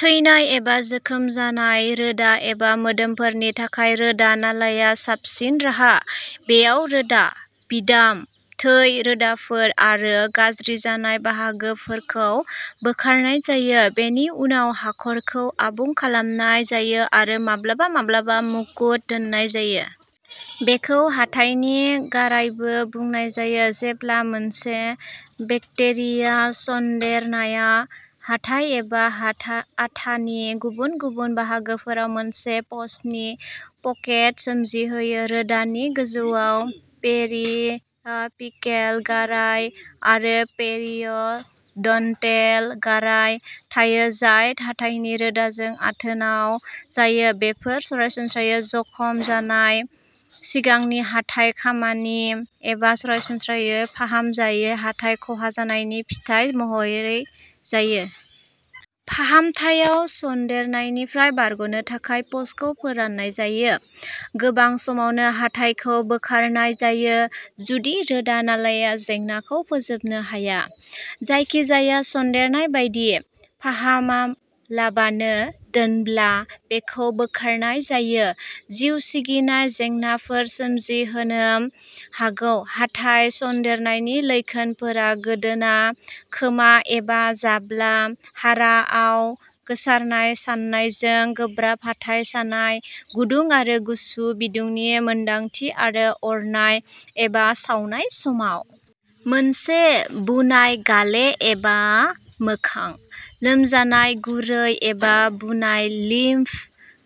थैनाय एबा जोखोम जानाय रोदा एबा मोदोमफोरनि थाखाय, रोदा नालाया साबसिन राहा। बेयाव रोदा, बिदाम, थै रोदाफोर आरो गाज्रि जानाय बाहागोफोरखौ बोखारनाय जायो। बेनि उनाव हाखरखौ आबुं खालामनाय जायो आरो माब्लाबा-माब्लाबा मुकुट दोननाय जायो। बेखौ हाथाइनि गारायबो बुंनाय जायो, जेब्ला मोनसे बेक्टेरिया सन्देरनाया हाथाइ एबा आथानि गुबुन-गुबुन बाहागोफोराव मोनसे पसनि पकेट सोमजिहोयो। रोदानि गोजौआव पेरियापिकेल गाराय आरो पेरिय'डन्टेल गाराय थायो जाय हाथाइनि रोदाजों आथोनाव जायो। बेफोर सरासनस्रायै जखम जानाय, सिगांनि हाथाइ खामानि, एबा सरासनस्रायै फाहामजायै हाथाइ ख'हा जानायनि फिथाय महरै जायो। फाहामथायाव सन्देरनायनिफ्राय बारग'नो थाखाय पसखौ फोराननाय जायो। गोबां समावनो हाथाइखौ बोखारनाय जायो जुदि रोदा नालाया जेंनाखौ फोजोबनो हाया। जायखिजाया सन्देरनाय बायदि, फाहामालाबानो दोनब्ला, बेखौ बोखारनाय जायो। जिउ सिगिनाय जेंनाफोर सोमजिहोनो हागौ। हाथाइ सन्देरनायनि लैखोनफोरा गोदोना, खोमा एबा जाब्ला हाराआव गोसारनाय सानायजों गोब्राब हाथाइ सानाय, गुदुं आरो गुसु बिदुंनि मोनदांथि आरो अरनाय एबा सावनाय समाव। मोनसे बुनाय गाले एबा मोखां, लोमजानाय, गुरै एबा बुनाय लिम्फ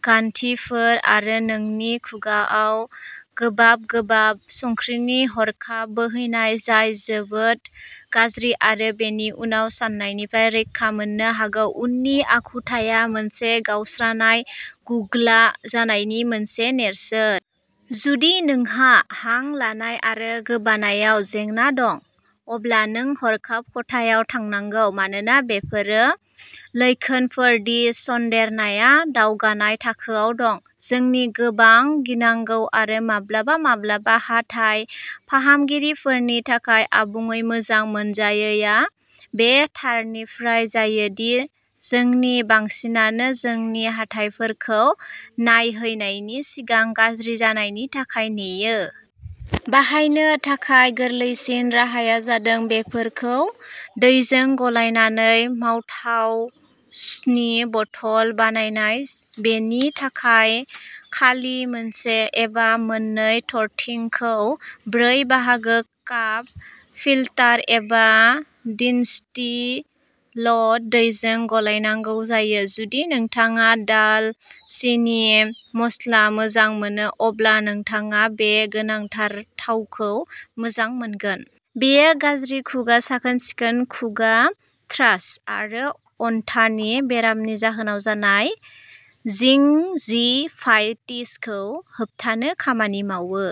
गान्थिफोर आरो नोंनि खुगाआव गोबाब गोबाब संख्रिनि हरखाब बोहैनाय जाय जोबोद गाज्रि आरो बेनि उनाव सानायनिफ्राय रैखा मोननो हागौ। उननि आखुथाया मोनसे गावस्रानाय गुग्ला जानायनि मोनसे नेरसोन। जुदि नोंहा हां लानाय आरो गोबानायाव जेंना दं, अब्ला नों हरखाब खथायाव थांनांगौ मानोना बेफोरो लैखोनफोर दि सन्देरनाया दावगानाय थाखोआव दं। जोंनि गोबां गिनांगौ आरो माब्लाबा-माब्लाबा हाथाइ फाहामगिरिफोरनि थाखाय आबुङै मोजां मोनजायैआ बे थारनिफ्राय जायो दि जोंनि बांसिनानो जोंनि हाथाइफोरखौ नायहैनायनि सिगां गाज्रि जानायनि थाखाय नेयो। बाहायनो थाखाय गोरलैसिन राहाया जादों बेफोरखौ दैजों गलायनानै माउथवाशनि बथल बानायनाय। बेनि थाखाय खालि मोनसे एबा मोननै थरथिंखौ ब्रै बाहागो काप फिल्टार एबा डिस्टिल्ड दैजों गलायनांगौ जायो। जुदि नोंथाङा दालसिनि मस्ला मोजां मोनो, अब्ला नोंथाङा बे गोनांथार थावखौ मोजां मोनगोन। बेयो गाज्रि खुगा साखोन-सिखोन, खुगा थ्रास आरो आन्थानि बेरामनि जाहोनाव जानाय जिंजिभाइटिसखौ होबथानो खामानि मावो।